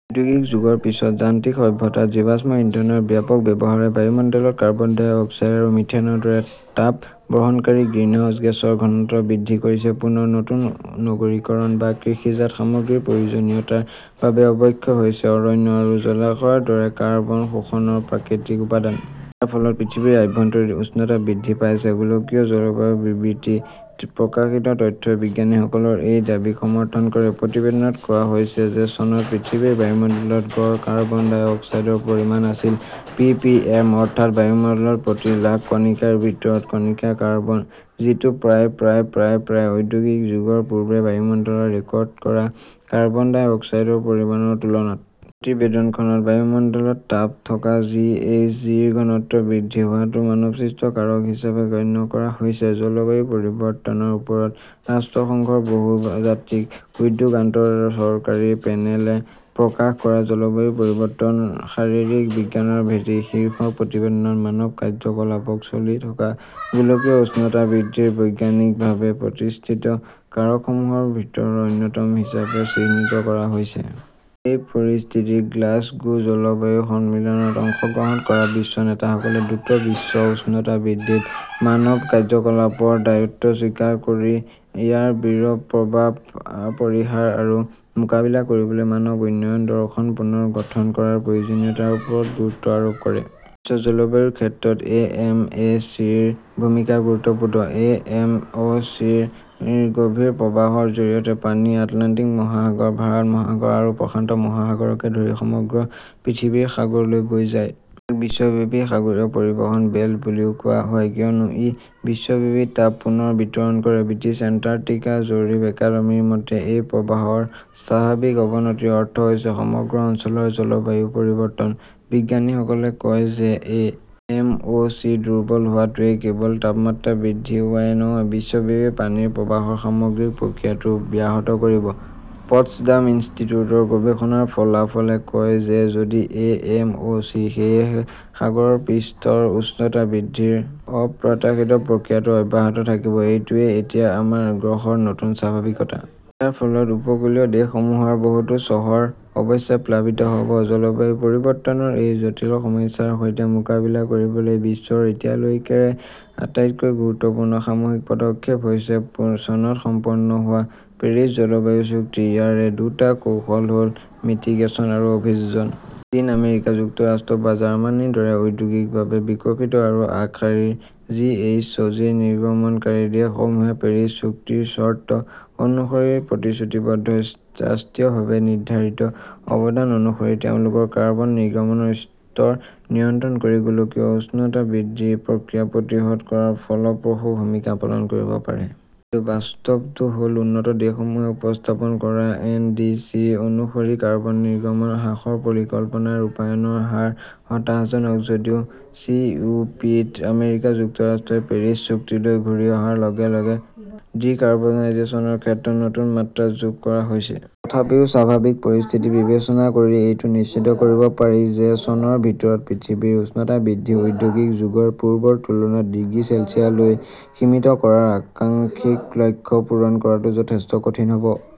ঔদ্যোগিক যুগৰ পিছত যান্ত্ৰিক সভ্যতাত জীৱাশ্ম ইন্ধনৰ ব্যাপক ব্যৱহাৰে বায়ুমণ্ডলত কাৰ্বন ডাই অক্সাইড আৰু মিথেনৰ দৰে তাপ-বহনকাৰী গ্ৰিনহাউজ গেছৰ ঘনত্ব বৃদ্ধি কৰিছে। পুনৰ নতুন নগৰীকৰণ বা কৃষিজাত সামগ্ৰীৰ প্ৰয়োজনীয়তাৰ বাবে অৱক্ষয় হৈছে অৰণ্য আৰু জলাশয়ৰ দৰে কাৰ্বন শোষণৰ প্ৰাকৃতিক উপাদান। ইয়াৰ ফলত পৃথিৱীৰ আভ্যন্তৰীণ উষ্ণতা বৃদ্ধি পাইছে। গোলকীয় জলবায়ু বিবৃতি -ত প্ৰকাশিত তথ্যই বিজ্ঞানীসকলৰ এই দাবীক সমৰ্থন কৰে। প্ৰতিবেদনত কোৱা হৈছে যে চনত পৃথিৱীৰ বায়ুমণ্ডলত গড় কাৰ্বন ডাই অক্সাইডৰ পৰিমাণ আছিল পিপিএম অৰ্থাৎ বায়ুমণ্ডলত প্ৰতি লাখ কণিকাৰ ভিতৰত কণিকা কাৰ্বন; যিটো প্ৰায় প্ৰায় প্ৰায় প্ৰায় ঔদ্যোগিক যুগৰ পূৰ্বে বায়ুমণ্ডলত ৰেকৰ্ড কৰা কাৰ্বন ডাই অক্সাইডৰ পৰিমাণৰ তুলনাত। প্ৰতিবেদনখনত বায়ুমণ্ডলত তাপ থকা জি. এইচ. জি. -ৰ ঘনত্ব বৃদ্ধি হোৱাটো মানৱসৃষ্ট কাৰক হিচাপে গণ্য কৰা হৈছে। জলবায়ু পৰিৱৰ্তনৰ ওপৰত ৰাষ্ট্ৰসংঘৰ বহুজাতিক উদ্যোগ আন্তঃ-চৰকাৰী পেনেলে প্ৰকাশ কৰা 'জলবায়ু পৰিৱৰ্তন শাৰীৰিক বিজ্ঞানৰ ভেটি' শীৰ্ষক প্ৰতিবেদনত মানৱ কাৰ্যকলাপক চলি থকা গোলকীয় উষ্ণতা বৃদ্ধিৰ বৈজ্ঞানিকভাৱে প্ৰতিষ্ঠিত কাৰকসমূহৰ ভিতৰত অন্যতম হিচাপে চিহ্নিত কৰা হৈছে। এই পৰিস্থিতিত গ্লাছগো জলবায়ু সন্মিলনত অংশগ্ৰহণ কৰা বিশ্ব নেতাসকলে দ্ৰুত বিশ্ব উষ্ণতা বৃদ্ধিত মানৱ কাৰ্যকলাপৰ দায়িত্ব স্বীকাৰ কৰি ইয়াৰ বিৰূপ প্ৰভাৱ পৰিহাৰ আৰু মোকাবিলা কৰিবলৈ মানৱ উন্নয়নৰ দৰ্শন পুনৰ গঠন কৰাৰ প্ৰয়োজনীয়তাৰ ওপৰত গুৰুত্ব আৰোপ কৰে। বিশ্ব জলবায়ুৰ ক্ষেত্ৰত এ. এম. অ. চি. -ৰ ভূমিকা গুৰুত্বপূৰ্ণ। এ. এম. অ. চি. -ৰ গভীৰ প্ৰবাহৰ জৰিয়তে পানী আটলাণ্টিক মহাসাগৰ, ভাৰত মহাসাগৰ আৰু প্ৰশান্ত মহাসাগৰকে ধৰি সমগ্ৰ পৃথিৱীৰ সাগৰলৈ বৈ যায়। ইয়াক বিশ্বব্যাপী সাগৰীয় পৰিবহণ বেল্ট বুলিও কোৱা হয়; কিয়নো ই বিশ্বব্যাপী তাপ পুনৰ বিতৰণ কৰে। ব্ৰিটিছ এণ্টাৰ্কটিকা জৰীপ একাডেমীৰ মতে, এই প্ৰৱাহৰ স্বাভাৱিক অৱনতিৰ অৰ্থ হৈছে সমগ্ৰ অঞ্চলৰ জলবায়ুৰ পৰিৱৰ্তন। বিজ্ঞানীসকলে কয় যে এ. এম. অ. চি. দুৰ্বল হোৱাটোৱে কেৱল তাপমাত্ৰা বৃদ্ধি হোৱাই নহয়, বিশ্বব্যাপী পানীৰ প্ৰবাহৰ সামগ্ৰিক প্ৰক্ৰিয়াটোও ব্যাহত কৰিব। পটছডাম ইনষ্টিটিউটৰ গৱেষণাৰ ফলাফলে কয় যে যদি এ. এম. অ. চি. সেয়েহে সাগৰৰ পৃষ্ঠৰ উচ্চতা বৃদ্ধিৰ অপ্ৰত্যাশিত প্ৰক্ৰিয়াটো অব্যাহত থাকিব, এইটোৱেই এতিয়া আমাৰ গ্ৰহৰ নতুন স্বাভাৱিকতা। ইয়াৰ ফলত উপকূলীয় দেশসমূহৰ বহুতো চহৰ অৱশ্যে প্লাবিত হ'ব। জলবায়ু পৰিৱৰ্তনৰ এই জটিল সমস্যাৰ সৈতে মোকাবিলা কৰিবলৈ বিশ্বৰ এতিয়ালৈকেৰ আটাইতকৈ গুৰুত্বপূৰ্ণ সামূহিক পদক্ষেপ হৈছে চনত সম্পন্ন হোৱা পেৰিছ জলবায়ু চুক্তি। ইয়াৰে দুটা কৌশল হ'ল মিটিগেচন আৰু অভিযোজন। চীন, আমেৰিকা যুক্তৰাষ্ট্ৰ বা জাৰ্মানীৰ দৰে ঔদ্যোগিকভাৱে বিকশিত আৰু আগশাৰীৰ জিএইচজি নিৰ্গমনকাৰী দেশসমূহে পেৰিছ চুক্তিৰ চৰ্ত অনুসৰি প্ৰতিশ্ৰুতিবদ্ধ ৰাষ্ট্ৰীয়ভাৱে নিৰ্ধাৰিত অৱদান অনুসৰি তেওঁলোকৰ কাৰ্বন নিৰ্গমনৰ স্তৰ নিয়ন্ত্ৰণ কৰি গোলকীয় উষ্ণতা বৃদ্ধি প্ৰক্ৰিয়া প্ৰতিহত কৰাত ফলপ্ৰসূ ভূমিকা পালন কৰিব পাৰে। কিন্তু বাস্তৱটো হ'ল উন্নত দেশসমূহে উপস্থাপন কৰা এন. ডি. চি. অনুসৰি কাৰ্বন নিৰ্গমন হ্ৰাসৰ পৰিকল্পনাৰ ৰূপায়ণৰ হাৰ হতাশাজনক। যদিও চি. ও. পি. -ত আমেৰিকা যুক্তৰাষ্ট্ৰই পেৰিছ চুক্তিলৈ ঘূৰি অহাৰ লগে লগে ডিকাৰ্বনাইজেশ্যনৰ ক্ষেত্ৰত নতুন মাত্ৰা যোগ কৰা হৈছে। তথাপিও বাস্তৱিক পৰিস্থিতি বিবেচনা কৰি এইটো নিশ্চিত কৰিব পাৰি যে চনৰ ভিতৰত পৃথিৱীৰ উষ্ণতা বৃদ্ধি ঔদ্যোগিক যুগৰ পূৰ্বৰ তুলনাত ডিগ্ৰী চেলছিয়াছলৈ সীমিত কৰাৰ আকাংক্ষিত লক্ষ্য পূৰণ কৰাটো যথেষ্ট কঠিন হ'ব।